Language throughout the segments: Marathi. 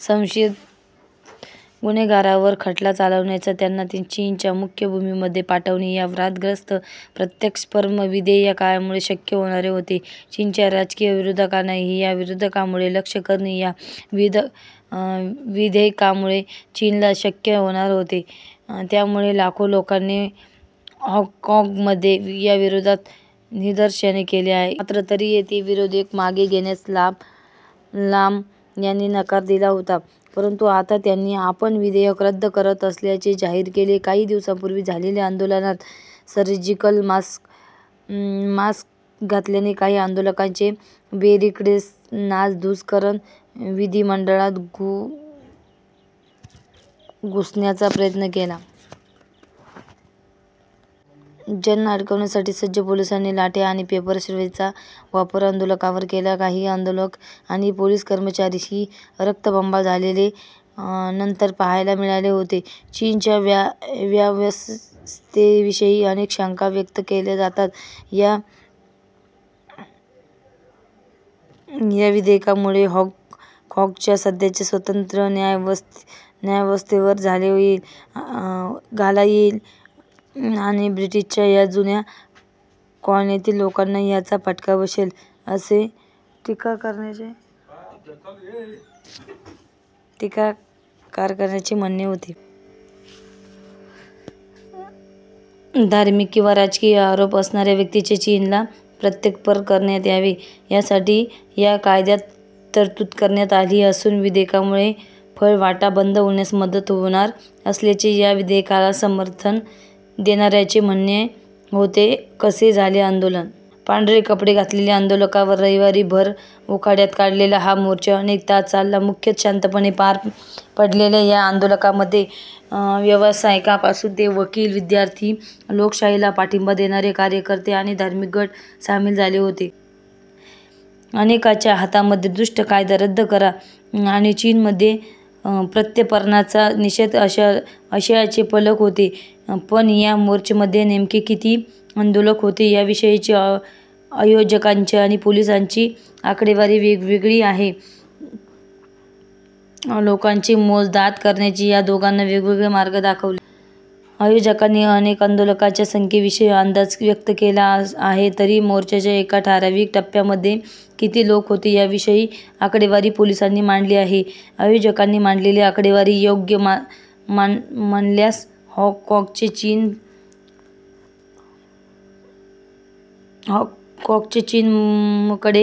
संशयित गुन्हेगारांवर खटला चालवण्यासाठी त्यांना चीनच्या मुख्य भूमीमध्ये पाठवणे या वादग्रस्त प्रत्यार्पण विधेयकामुळे शक्य होणार होते. चीनच्या राजकीय विरोधकांनाही या विधेयकामुळे लक्ष्य करणे या विधेयकामुळे चीनला शक्य होणार होते. त्यामुळे लाखो लोकांनी हाँगकाँगमध्ये याविरोधात निदर्शने केली. मात्र तरीही ते विधेयक मागे घेण्यास लाम यांनी नकार दिला होता. परंतु आता त्यांनी आपण विधेयक रद्द करत असल्याचे जाहीर केले. काही दिवसांपूर्वी झालेल्या आंदोलनात सर्जिकल मास्क घातलेल्या काही आंदोलकांनी बॅरिकेड्सची नासधूस करत विधिमंडळात घुसण्याचा प्रयत्न केला. त्यांना अडवण्यासाठी सज्ज पोलिसांनी लाठ्या आणि पेपर स्प्रेचा वापर आंदोलकांवर केला. काही आंदोलक आणि पोलीस कर्मचारीही रक्तबंबाळ झालेले नंतर पाहायला मिळाले होते. चीनच्या न्यायव्यवस्थेविषयी अनेक शंका व्यक्त केल्या जातात. या विधेयकामुळे हाँगकाँगच्या सध्याच्या स्वतंत्र न्यायव्यवस्थेवर घाला येईल आणि ब्रिटिशांच्या या जुन्या कॉलनीतील लोकांना याचा फटका बसेल, असे टीकाकारांचे म्हणणे होते. धार्मिक किंवा राजकीय आरोप असणाऱ्या व्यक्तीचे चीनला प्रत्यार्पण करण्यात यावे यासाठी या कायद्यात तरतूद करण्यात आली असून या विधेयकामुळे पळवाटा बंद होण्यास मदत होणार असल्याचे या विधेयकाला समर्थन देणाऱ्यांचे म्हणणे होते. कसे झाले आंदोलन? पांढरे कपडे घातलेल्या आंदोलकांनी रविवारी भर उकाड्यात काढलेला हा मोर्चा अनेक तास चालला. मुख्यतः शांततेत पार पडलेल्या या आंदोलनामध्ये व्यावसायिकांपासून ते वकील, विद्यार्थी, लोकशाहीला पाठिंबा देणारे कार्यकर्ते आणि धार्मिक गट सामील झाले होते. अनेकांच्या हातामध्ये दुष्ट कायदा रद्द करा आणि चीनमध्ये प्रत्यापर्णाचा निषेध अशा आशयाचे फलक होते. पण या मोर्चामध्ये नेमके किती आंदोलक होते याविषयीची आयोजकांची आणि पोलिसांची आकडेवारी वेगवेगळी आहे. लोकांची मोजदाद करण्यासाठी या दोघांनी वेगवेगळे मार्ग दाखवले आयोजकांनी अनेक आंदोलकांच्या संख्येविषयी अंदाज व्यक्त केला आहे. तर मोर्चाच्या एका ठराविक टप्प्यामध्ये किती लोक होते याविषयीची आकडेवारी पोलिसांनी मांडली आहे. आयोजकांनी मांडलेली आकडेवारी योग्य मन मानल्यास हॉंगकॉंग चीन हाँगकाँगचे चीनकडे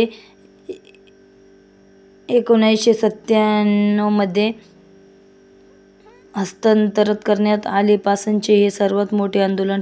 एकोणीसशे सत्त्याण्णवमध्ये हस्तांतरण करण्यात आल्यापासूनचे हे सर्वांत मोठे आंदोलन ठरेल.